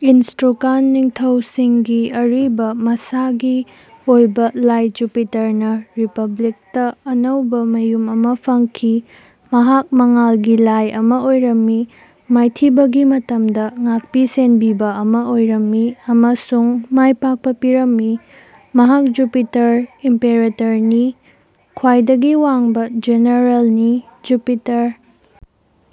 Etruscan ꯅꯤꯡꯊꯧꯁꯤꯡꯒꯤ ꯑꯔꯤꯕ, ꯃꯁꯥꯒꯤ ꯑꯣꯏꯕ ꯂꯥꯏ ꯖꯨꯄꯤꯇꯔꯅ ꯔꯤꯄꯕ꯭ꯂꯤꯛꯇ ꯑꯅꯧꯕ ꯃꯌꯨꯝ ꯑꯃ ꯐꯪꯈꯤ꯫ ꯃꯍꯥꯛ ꯃꯉꯥꯜꯒꯤ ꯂꯥꯏ ꯑꯃ ꯑꯣꯏꯔꯝꯃꯤ, ꯃꯥꯏꯊꯤꯕꯒꯤ ꯃꯇꯝꯗ ꯉꯥꯛꯄꯤ ꯁꯦꯟꯕꯤꯕ ꯑꯃ ꯑꯣꯏꯔꯝꯃꯤ ꯑꯃꯁꯨꯡ ꯃꯥꯏꯄꯥꯛꯄ ꯄꯤꯔꯝꯃꯤ꯫ ꯃꯍꯥꯛ ꯖꯨꯄꯤꯇꯔ ꯏꯝꯄꯦꯔꯦꯇꯔꯅꯤ, ꯈ꯭ꯋꯥꯏꯗꯒꯤ ꯋꯥꯡꯕ ꯖꯦꯅꯔꯦꯜꯅꯤ; ꯖꯨꯄꯤꯇꯔ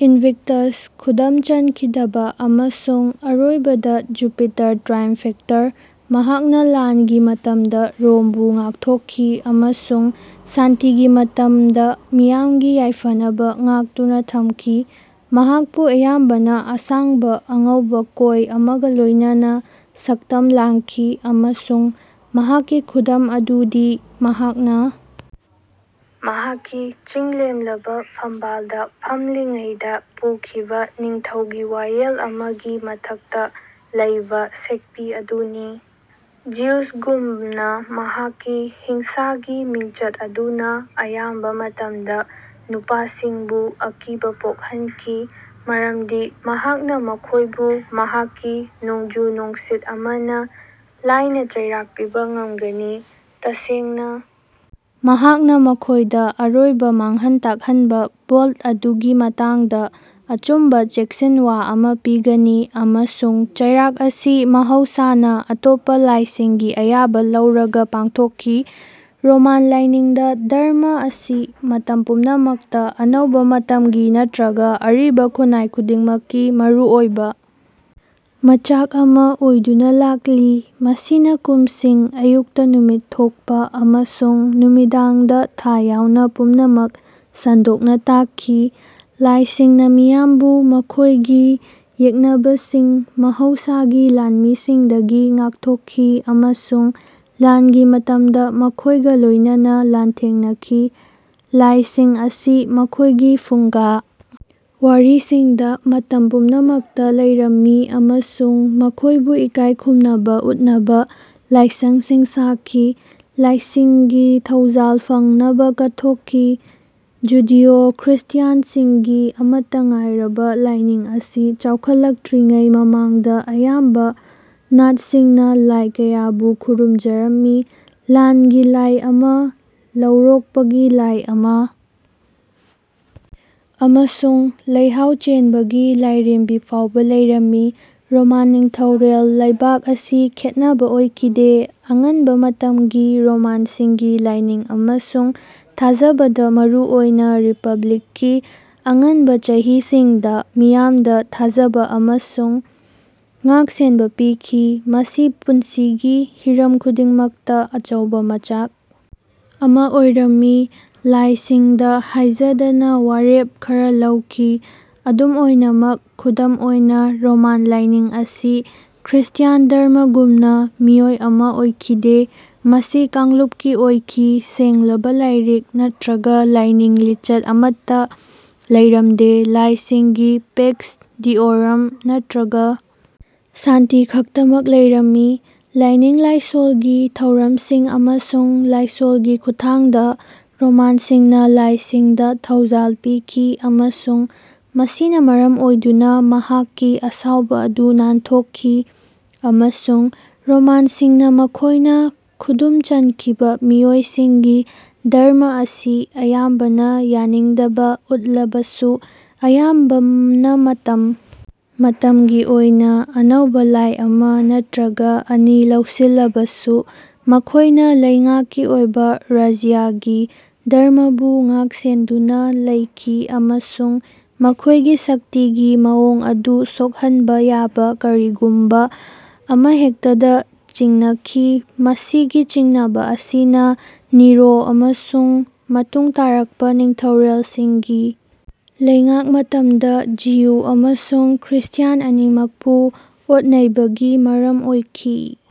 ꯏꯟꯚꯤꯛꯇꯁ, ꯈꯨꯗꯨꯝ ꯆꯟꯈꯤꯗꯕ ꯑꯃꯁꯨꯡ ꯑꯔꯣꯏꯕꯗ, ꯖꯨꯄꯤꯇꯔ ꯇ꯭ꯔꯥꯏꯝꯐꯦꯇꯔ꯫ ꯃꯍꯥꯛꯅ ꯂꯥꯟꯒꯤ ꯃꯇꯝꯗ ꯔꯣꯝꯕꯨ ꯉꯥꯛꯊꯣꯛꯈꯤ ꯑꯃꯁꯨꯡ ꯁꯥꯟꯇꯤꯒꯤ ꯃꯇꯝꯗ ꯃꯤꯌꯥꯝꯒꯤ ꯌꯥꯏꯐꯅꯕ ꯉꯥꯛꯇꯨꯅ ꯊꯝꯈꯤ꯫ ꯃꯍꯥꯛꯄꯨ ꯑꯌꯥꯝꯕꯅ ꯑꯁꯥꯡꯕ, ꯑꯉꯧꯕ ꯀꯣꯏ ꯑꯃꯒ ꯂꯣꯏꯅꯅ ꯁꯛꯇꯝ ꯂꯥꯡꯈꯤ, ꯑꯃꯁꯨꯡ ꯃꯍꯥꯛꯀꯤ ꯈꯨꯗꯝ ꯑꯗꯨꯗꯤ ꯃꯍꯥꯛꯅ ꯃꯍꯥꯛꯀꯤ ꯆꯤꯡꯂꯦꯝꯂꯕ ꯐꯝꯕꯥꯜꯗ ꯐꯝꯂꯤꯉꯩꯗ ꯄꯨꯈꯤꯕ ꯅꯤꯡꯊꯧꯒꯤ ꯋꯥꯌꯦꯜ ꯑꯃꯒꯤ ꯃꯊꯛꯇ ꯂꯩꯕ ꯁꯦꯛꯄꯤ ꯑꯗꯨꯅꯤ꯫ ꯖ꯭ꯌꯨꯁꯒꯨꯝꯅ, ꯃꯍꯥꯛꯀꯤ ꯍꯤꯡꯁꯥꯒꯤ ꯃꯤꯡꯆꯠ ꯑꯗꯨꯅ ꯑꯌꯥꯝꯕ ꯃꯇꯝꯗ ꯅꯨꯄꯥꯁꯤꯡꯕꯨ ꯑꯀꯤꯕ ꯄꯣꯛꯍꯟꯈꯤ ꯃꯔꯝꯗꯤ ꯃꯍꯥꯛꯅ ꯃꯈꯣꯏꯕꯨ ꯃꯍꯥꯛꯀꯤ ꯅꯣꯡꯖꯨ-ꯅꯨꯡꯁꯤꯠ ꯑꯃꯅ ꯂꯥꯏꯅ ꯆꯩꯔꯥꯛ ꯄꯤꯕ ꯉꯝꯒꯅꯤ꯫ ꯇꯁꯦꯡꯅ, ꯃꯍꯥꯛꯅ ꯃꯈꯣꯏꯗ ꯑꯔꯣꯏꯕ, ꯃꯥꯡꯍꯟ-ꯇꯥꯛꯍꯟꯕ ꯕꯣꯜꯠ ꯑꯗꯨꯒꯤ ꯃꯃꯥꯡꯗ ꯑꯆꯨꯝꯕ ꯆꯦꯛꯁꯤꯟꯋꯥ ꯑꯃ ꯄꯤꯒꯅꯤ, ꯑꯃꯁꯨꯡ ꯆꯩꯔꯥꯛ ꯑꯁꯤ ꯃꯍꯧꯁꯥꯅ ꯑꯇꯣꯞꯄ ꯂꯥꯏꯁꯤꯡꯒꯤ ꯑꯌꯥꯕ ꯂꯧꯔꯒ ꯄꯥꯡꯊꯣꯛꯈꯤ꯫ ꯔꯣꯃꯥꯟ ꯂꯥꯏꯅꯤꯡꯗ ꯙꯔꯃꯥ ꯑꯁꯤ ꯃꯇꯝ ꯄꯨꯝꯅꯃꯛꯇ ꯑꯅꯧꯕ ꯃꯇꯝꯒꯤ ꯅꯠꯇ꯭ꯔꯒ ꯑꯔꯤꯕ ꯈꯨꯟꯅꯥꯏ ꯈꯨꯗꯤꯡꯃꯛꯀꯤ ꯃꯔꯨꯑꯣꯏꯕ ꯃꯆꯥꯛ ꯑꯃ ꯑꯣꯏꯗꯨꯅ ꯂꯥꯛꯂꯤ꯫ ꯃꯁꯤꯅ ꯀꯨꯝꯁꯤꯡ, ꯑꯌꯨꯛꯇ ꯅꯨꯃꯤꯠ ꯊꯣꯛꯄ ꯑꯃꯁꯨꯡ ꯅꯨꯃꯤꯗꯥꯡꯗ ꯊꯥ ꯌꯥꯎꯅ ꯄꯨꯝꯅꯃꯛ ꯁꯟꯗꯣꯛꯅ ꯇꯥꯛꯈꯤ꯫ ꯂꯥꯏꯁꯤꯡꯅ ꯃꯤꯌꯥꯝꯕꯨ ꯃꯈꯣꯏꯒꯤ ꯌꯦꯛꯅꯕꯁꯤꯡ, ꯃꯍꯧꯁꯥꯒꯤ ꯂꯥꯟꯃꯤꯁꯤꯡꯗꯒꯤ ꯉꯥꯛꯊꯣꯛꯈꯤ ꯑꯃꯁꯨꯡ ꯂꯥꯟꯒꯤ ꯃꯇꯝꯗ ꯃꯈꯣꯏꯒ ꯂꯣꯏꯅꯅ ꯂꯥꯟꯊꯦꯡꯅꯈꯤ꯫ ꯂꯥꯏꯁꯤꯡ ꯑꯁꯤ ꯃꯈꯣꯏꯒꯤ ꯐꯨꯡꯒꯥ ꯋꯥꯔꯤꯁꯤꯡꯗ ꯃꯇꯝ ꯄꯨꯝꯅꯃꯛꯇ ꯂꯩꯔꯝꯃꯤ ꯑꯃꯁꯨꯡ ꯃꯈꯣꯏꯕꯨ ꯏꯀꯥꯏ ꯈꯨꯝꯅꯕ ꯎꯠꯅꯕ ꯂꯥꯏꯁꯪꯁꯤꯡ ꯁꯥꯈꯤ꯫ ꯂꯥꯏꯁꯤꯡꯒꯤ ꯊꯧꯖꯥꯜ ꯐꯪꯅꯕ ꯀꯠꯊꯣꯛꯈꯤ꯫ ꯖꯨꯗꯤꯑꯣ-ꯈ꯭ꯔꯤꯁꯇ꯭ꯌꯥꯟꯁꯤꯡꯒꯤ ꯑꯃꯠꯇ ꯉꯥꯏꯔꯕ ꯂꯥꯏꯅꯤꯡ ꯑꯁꯤ ꯆꯥꯎꯈꯠꯂꯛꯇ꯭ꯔꯤꯉꯩ ꯃꯃꯥꯡꯗ ꯑꯌꯥꯝꯕ ꯅꯥꯠꯁꯤꯡꯅ ꯂꯥꯏ ꯀꯌꯥꯕꯨ ꯈꯨꯔꯨꯝꯖꯔꯝꯃꯤ꯫ ꯂꯥꯟꯒꯤ ꯂꯥꯏ ꯑꯃ, ꯂꯧꯔꯣꯛꯄꯒꯤ ꯂꯥꯏ ꯑꯃ ꯑꯃꯁꯨꯡ ꯂꯩꯍꯥꯎ ꯆꯦꯟꯕꯒꯤ ꯂꯥꯏꯔꯦꯝꯕꯤ ꯐꯥꯎꯕ ꯂꯩꯔꯝꯃꯤ꯫ ꯔꯣꯃꯥꯟ ꯅꯤꯡꯊꯧꯔꯦꯜ ꯂꯩꯕꯥꯛ ꯑꯁꯤ ꯈꯦꯠꯅꯕ ꯑꯣꯏꯈꯤꯗꯦ꯫ ꯑꯉꯟꯕ ꯃꯇꯝꯒꯤ ꯔꯣꯃꯥꯟꯁꯤꯡꯒꯤ ꯂꯥꯏꯅꯤꯡ ꯑꯃꯁꯨꯡ ꯊꯥꯖꯕꯗ, ꯃꯔꯨꯑꯣꯏꯅ ꯔꯤꯄꯕ꯭ꯂꯤꯛꯀꯤ ꯑꯉꯟꯕ ꯆꯍꯤꯁꯤꯡꯗ, ꯃꯤꯌꯥꯝꯗ ꯊꯥꯖꯕ ꯑꯃꯁꯨꯡ ꯉꯥꯛ-ꯁꯦꯟꯕ ꯄꯤꯈꯤ꯫ ꯃꯁꯤ ꯄꯨꯟꯁꯤꯒꯤ ꯍꯤꯔꯝ ꯈꯨꯗꯤꯡꯃꯛꯇ ꯑꯆꯧꯕ ꯃꯆꯥꯛ ꯑꯃ ꯑꯣꯏꯔꯝꯃꯤ; ꯂꯥꯏꯁꯤꯡꯗ ꯍꯥꯏꯖꯗꯅ ꯋꯥꯔꯦꯞ ꯈꯔ ꯂꯧꯈꯤ꯫ ꯑꯗꯨꯝ ꯑꯣꯏꯅꯃꯛ, ꯈꯨꯗꯝ ꯑꯣꯏꯅ, ꯔꯣꯃꯥꯟ ꯂꯥꯏꯅꯤꯡ ꯑꯁꯤ ꯈ꯭ꯔꯤꯁꯇ꯭ꯌꯥꯟ ꯙꯔꯃꯥꯒꯨꯝꯅ ꯃꯤꯑꯣꯏ ꯑꯃ ꯑꯣꯏꯈꯤꯗꯦ; ꯃꯁꯤ ꯀꯥꯡꯂꯨꯞꯀꯤ ꯑꯣꯏꯈꯤ꯫ ꯁꯦꯡꯂꯕ ꯂꯥꯏꯔꯤꯛ ꯅꯠꯇ꯭ꯔꯒ ꯂꯥꯏꯅꯤꯡ ꯂꯤꯆꯠ ꯑꯃꯠꯇ ꯂꯩꯔꯝꯗꯦ; ꯂꯥꯏꯁꯤꯡꯒꯤ ꯄꯦꯛꯁ ꯗꯤꯑꯣꯔꯝ ꯅꯠꯇ꯭ꯔꯒ ꯁꯥꯟꯇꯤ ꯈꯛꯇꯃꯛ ꯂꯩꯔꯝꯃꯤ꯫ ꯂꯥꯏꯅꯤꯡ-ꯂꯥꯏꯁꯣꯜꯒꯤ ꯊꯧꯔꯝꯁꯤꯡ ꯑꯃꯁꯨꯡ ꯂꯥꯏꯁꯣꯜꯒꯤ ꯈꯨꯠꯊꯥꯡꯗ, ꯔꯣꯃꯥꯟꯁꯤꯡꯅ ꯂꯥꯏꯁꯤꯡꯗ ꯊꯧꯖꯥꯜ ꯄꯤꯈꯤ ꯑꯃꯁꯨꯡ ꯃꯁꯤꯅ ꯃꯔꯝ ꯑꯣꯏꯗꯨꯅ ꯃꯍꯥꯛꯀꯤ ꯑꯁꯥꯎꯕ ꯑꯗꯨ ꯅꯥꯟꯊꯣꯛꯈꯤ꯫ ꯑꯃꯁꯨꯡ, ꯔꯣꯃꯥꯟꯁꯤꯡꯅ ꯃꯈꯣꯏꯅ ꯈꯨꯗꯨꯝ ꯆꯟꯈꯤꯕ ꯃꯤꯑꯣꯏꯁꯤꯡꯒꯤ ꯙꯔꯃꯥ ꯑꯁꯤ ꯑꯌꯥꯝꯕꯅ ꯌꯥꯅꯤꯡꯗꯕ ꯎꯠꯂꯕꯁꯨ ꯑꯌꯥꯝꯕꯅ ꯃꯇꯝ ꯃꯇꯝꯒꯤ ꯑꯣꯏꯅ ꯑꯅꯧꯕ ꯂꯥꯏ ꯑꯃ ꯅꯠꯇ꯭ꯔꯒ ꯑꯅꯤ ꯂꯧꯁꯤꯜꯂꯕꯁꯨ, ꯃꯈꯣꯏꯅ ꯂꯩꯉꯥꯛꯀꯤ ꯑꯣꯏꯕ ꯔꯥꯖ꯭ꯌꯒꯤ ꯙꯔꯃꯥꯕꯨ ꯉꯥꯛꯁꯦꯟꯗꯨꯅ ꯂꯩꯈꯤ ꯑꯃꯁꯨꯡ ꯃꯈꯣꯏꯒꯤ ꯁꯛꯇꯤꯒꯤ ꯃꯑꯣꯡ ꯑꯗꯨ ꯁꯣꯛꯍꯟꯕ ꯌꯥꯕ ꯀꯔꯤꯒꯨꯝꯕ ꯑꯃꯍꯦꯛꯇꯗ ꯆꯤꯡꯅꯈꯤ꯫ ꯃꯁꯤꯒꯤ ꯆꯤꯡꯅꯕ ꯑꯁꯤꯅ ꯅꯤꯔꯣ ꯑꯃꯁꯨꯡ ꯃꯇꯨꯡ ꯇꯥꯔꯛꯄ ꯅꯤꯡꯊꯧꯔꯦꯜꯁꯤꯡꯒꯤ ꯂꯩꯉꯥꯛ ꯃꯇꯝꯗ ꯖꯤꯌꯨ ꯑꯃꯁꯨꯡ ꯈ꯭ꯔꯤꯁꯇ꯭ꯌꯥꯟ ꯑꯅꯤꯃꯛꯄꯨ ꯑꯣꯠ-ꯅꯩꯕꯒꯤ ꯃꯔꯝ ꯑꯣꯏꯈꯤ꯫ ꯫